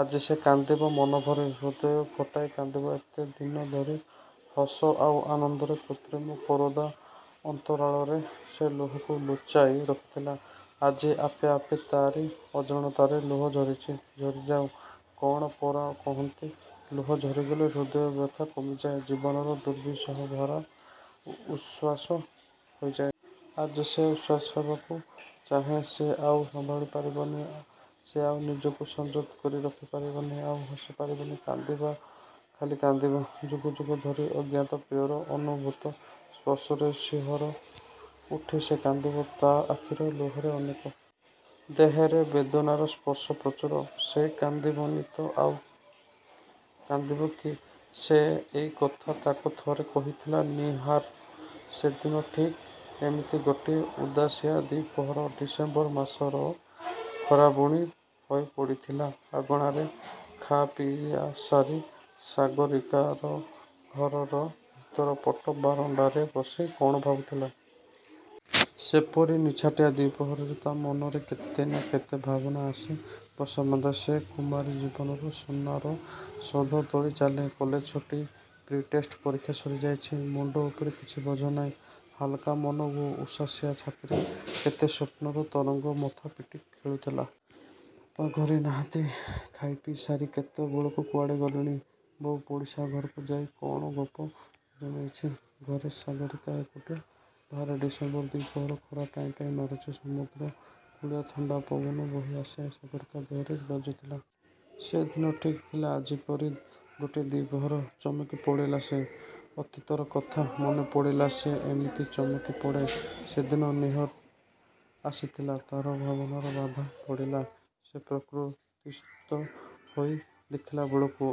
ଆଜି ସେ କାନ୍ଦିବ। ମନଭରି, ହୃଦୟ ଫଟାଇ କାନ୍ଦିବ। ଏତେ ଦିନ ଧରି ହସ ଆଉ ଆନନ୍ଦର କୃତ୍ରିମ ପରଦା ଅନ୍ତରାଳରେ; ସେ ଲୁହକୁ ଲୁଚାଇ ରଖିଥିଲା। ଆଜି ଆପେ ଆପେ ତାରି ଅଜାଣତରେ ଲୁହ ଝରିଛି। ଝରିଯାଉ। କ'ଣ ପରା କହନ୍ତି, ଲୁହ ଝରିଗଲେ ହୃଦୟର ବ୍ୟଥା କମିଯାଏ; ଜୀବନର ଦୁର୍ବିସହ ଭାରା ଉଶ୍ୱାସ ହୋଇଯାଏ-। ଆଜି ସେ ଉଶ୍ୱାସ ହେବାକୁ ଚାହେଁ। ସେ ଆଉ ସମ୍ଭାଳି ପାରିବନି। ସେ ଆଉ ନିଜକୁ ସଂଯତ କରି ରଖିପାରିବନି। ଆଉ ହସି ପାରିବନି। କାନ୍ଦିବ, ଖାଲି କାନ୍ଦିବ। ଯୁଗ ଯୁଗ ଧରି, ଅଜ୍ଞାତ ପ୍ରିୟର ଅନନୁଭୂତ ସ୍ପର୍ଶରେ ଶିହରି ଉଠି ସେ କାନ୍ଦିବ। ତା' ଆଖିରେ ଲୁହ ଅନେକ। ଦେହରେ ବେଦନାର ସ୍ପର୍ଶ ପ୍ରଚୁର। ସେ କାନ୍ଦିବନି ତ ଆଉ କାନ୍ଦିବ କିଏ ସେ? ଏଇ କଥା ତାକୁ ଥରେ କହିଥିଲା ନୀହାର। ସେଦିନ ଠିକ୍ ଏମିତି ଗୋଟିଏ ଉଦାସିଆ ଦ୍ୱିପ୍ରହର। ଡିସେମ୍ବର ମାସର ଖରା ବୁଣି ହୋଇ ପଡ଼ିଥିଲା ଅଗଣାରେ। ଖା ପିଆ ସାରି ସାଗରୀକା ଘରର ଭିତର ପଟ ବାରଣ୍ଡାରେ ବସି କ'ଣ ଭାବୁଥିଲା। ସେପରି ନିଛାଟିଆ ଦ୍ୱିପ୍ରହରରେ ତା' ମନରେ କେତେ ନା କେତେ ଭାବନା ଆସି ବସା ବାନ୍ଧେ। ସେ କୁମାରୀ ଜୀବନର ସୁନାର-ସୌଧ ତୋଳି ଚାଲେ। କଲେଜ-ଛୁଟି। ପ୍ରି-ଟେଷ୍ଟ ପରୀକ୍ଷା ସରିଯାଇଛି। ମୁଣ୍ଡ ଉପରେ କିଛି ବୋଝ ନାହିଁ। ହାଲ୍କା ମନ ଓ ଉଶ୍ୱାସିଆ ଛାତିରେ କେତେ ସ୍ୱପ୍ନର ତରଙ୍ଗ ମଥା ପିଟି ଖେଳୁଥିଲା। ବାପା ଘରେ ନାହାନ୍ତି। ଖାଇ ପିଇ ସାରି କେତେବେଳୁ କୁଆଡ଼େ ଗଲେଣି। ବୋଉ ପଡ଼ିଶା ଘରକୁ ଯାଇ କ'ଣ ଗପ ଜମେଇଛି। ଘରେ ସାଗରୀକା ଏକୁଟିଆ। ବାହାରେ ଡିସେମ୍ବର ଦ୍ୱିପ୍ରହରର ଖରା ଟାଇଁ ଟାଇଁ ମାରୁଛି। ସମୁଦ୍ରକୂଳିଆ ଥଣ୍ଡା ପବନ ବୋହି ଆସି, ସାଗରୀକାର ଦେହରେ ବାଜୁଥିଲା। ସେଦିନ ଠିକ୍ ଥିଲା ଆଜିପରି ଗୋଟିଏ ଦ୍ୱିପ୍ରହର। ଚମକି ପଡ଼ିଲା ସେ। ଅତୀତର କଥା ମନେପଡ଼ିଲେ ସେ ଏମିତି ଚମକି ପଡ଼େ। ସେଦିନ ନୀହାର ଆସିଥିଲା। ତା'ର ଭାବନାରେ ବାଧା ପଡ଼ିଲା। ସେ ପ୍ରକୃତିସ୍ଥ ହୋଇ ଦେଖିଲାବେଳକୁ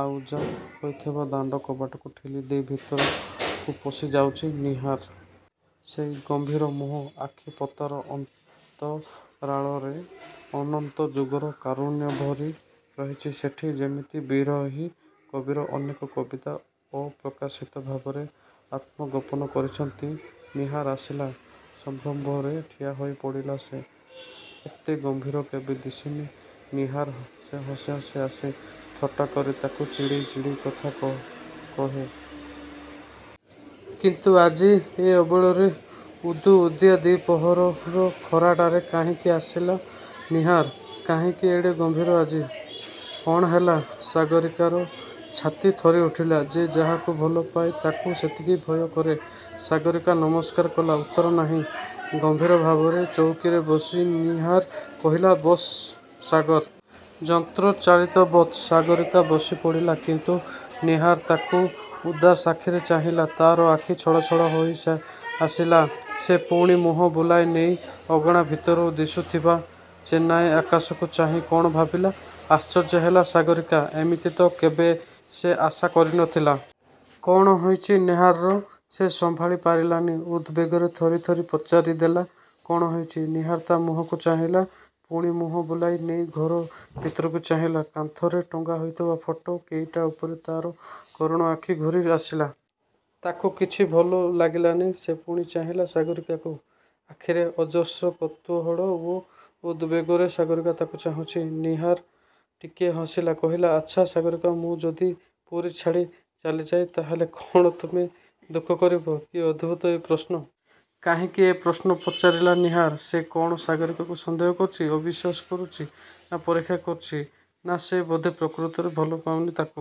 ଆଉଜା ହୋଇଥିବା ଦାଣ୍ଡ କବାଟକୁ ଠେଲିଦେଇ ଭିତରକୁ ପଶି ଆସୁଛି ନୀହାର-। ସେଇ ଗମ୍ଭୀର ମୁହଁ–ଆଖି ପତାର ଅନ୍ତରାଳରେ ଅନନ୍ତ ଯୁଗର କାରୁଣ୍ୟ ଭରି ରହିଛି। ସେଠି ଯେମତି ବିରହୀ କବିର ଅନେକ କବିତା ଅପ୍ରକାଶିତ ଭାବରେ ଆତ୍ମଗୋପନ କରିଛନ୍ତି। ନୀହାର ଆସିଲା। ସମ୍ଭ୍ରମରେ ଠିଆ ହୋଇପଡ଼ିଲା ସେ। ଏତେ ଗମ୍ଭୀର କେବେ ଦିଶେନି ନୀହାର-। ସେ ହସି ହସି ଆସେ; ଥଟ୍ଟା କରି ତାକୁ ଚିଡ଼େଇ ଚିଡ଼େଇ କେତେ କଥା କହେ। କିନ୍ତୁ ଆଜି–ଏ ଅବେଳରେ। ଉଦୁଉଦିଆ ଦ୍ୱିପ୍ରହରର ଖରାଟାରେ କାହିଁକି ଆସିଲା ନୀହାର। କାହିଁକି ଏଡ଼େ ଗମ୍ଭୀର ଆଜି। କ'ଣ ହେଲା? ସାଗରୀକାର ଛାତି ଥରିଉଠିଲା। ଯେ ଯାହାକୁ ଭଲପାଏ ତାକୁ ସେତିକି ଭୟ କରେ। ସାଗରୀକା ନମସ୍କାର କଲା। ଉତ୍ତର ନାହିଁ। ଗମ୍ଭୀର ଭାବରେ ଚୌକିରେ ବସି ନୀହାର କହିଲା–''ବସ ସାଗର''। ଯନ୍ତ୍ରଚାଳିତବତ୍ ସାଗରୀକା ବସି ପଡ଼ିଲା। କିନ୍ତୁ ନୀହାର ତାକୁ ଉଦାସ ଆଖିରେ ଚାହିଁଲା। ତା'ର ଆଖି ଛଳଛଳ ହୋଇଆସିଲା। ସେ ପୁଣି ମୁହଁ ବୁଲାଇ ନେଇ ଅଗଣା ଭିତରୁ ଦିଶୁଥିବା ଚେନାଏ ଆକାଶକୁ ଚାହିଁ କ'ଣ ଭାବିଲା। ଆଶ୍ଚର୍ଯ୍ୟ ହେଲା ସାଗରୀକା। ଏମିତି ତ କେବେ ସେ ଆଶା କରିନଥିଲା। କ'ଣ ହୋଇଛି ନୀହାରର। ସେ ସମ୍ଭାଳି ପାରିଲାନି। ଉଦବେଗରେ ଥରି ଥରି ପଚାରି ଦେଲା–''କ'ଣ ହୋଇଛି। '' ନୀହାର ତା' ମୁହଁକୁ ଚାହିଁଲା। ପୁଣି ମୁହଁ ବୁଲାଇ ନେଇ ଘର ଭିତରକୁ ଚାହିଁଲା। କାନ୍ଥରେ ଟଙ୍ଗା ହୋଇଥିବା ଫଟୋ କେଇଟି ଉପରେ ତା'ର କରୁଣ ଆଖି ଘୂରି ଆସିଲା। ତାକୁ କିଛି ଭଲ ଲାଗିଲାନି। ସେ ପୁଣି ଚାହିଁଲା ସାଗରୀକାକୁ। ଆଖିରେ ଅଜସ୍ର କୌତୂହଳ ଓ ଉଦବେଗରେ ସାଗରୀକା ତାକୁ ଚାହିଁଛି। ନୀହାର ଟିକିଏ ହସିଲା। କହିଲା–''ଆଚ୍ଛା–ସାଗରୀକା–ମୁଁ ଯଦି ପୁରୀ ଛାଡ଼ି ଚାଲିଯାଏ, ତା'ହେଲେ କ'ଣ ତୁମେ ଦୁଃଖ କରିବ? '' କି ଅଦ୍ଭୁତ ଏ ପ୍ରଶ୍ନ? କାହିଁକି ଏ ପ୍ରଶ୍ନ ପଚାରିଲା ନୀହାର। ସେ କ'ଣ ସାଗରୀକାକୁ ସନ୍ଦେହ କରୁଛି–ଅବିଶ୍ୱାସ କରୁଛି ନା ପରୀକ୍ଷା କରୁଛି। ନା–ସେ ବୋଧେ ପ୍ରକୃତରେ ଭଲପାଏନି ତାକୁ।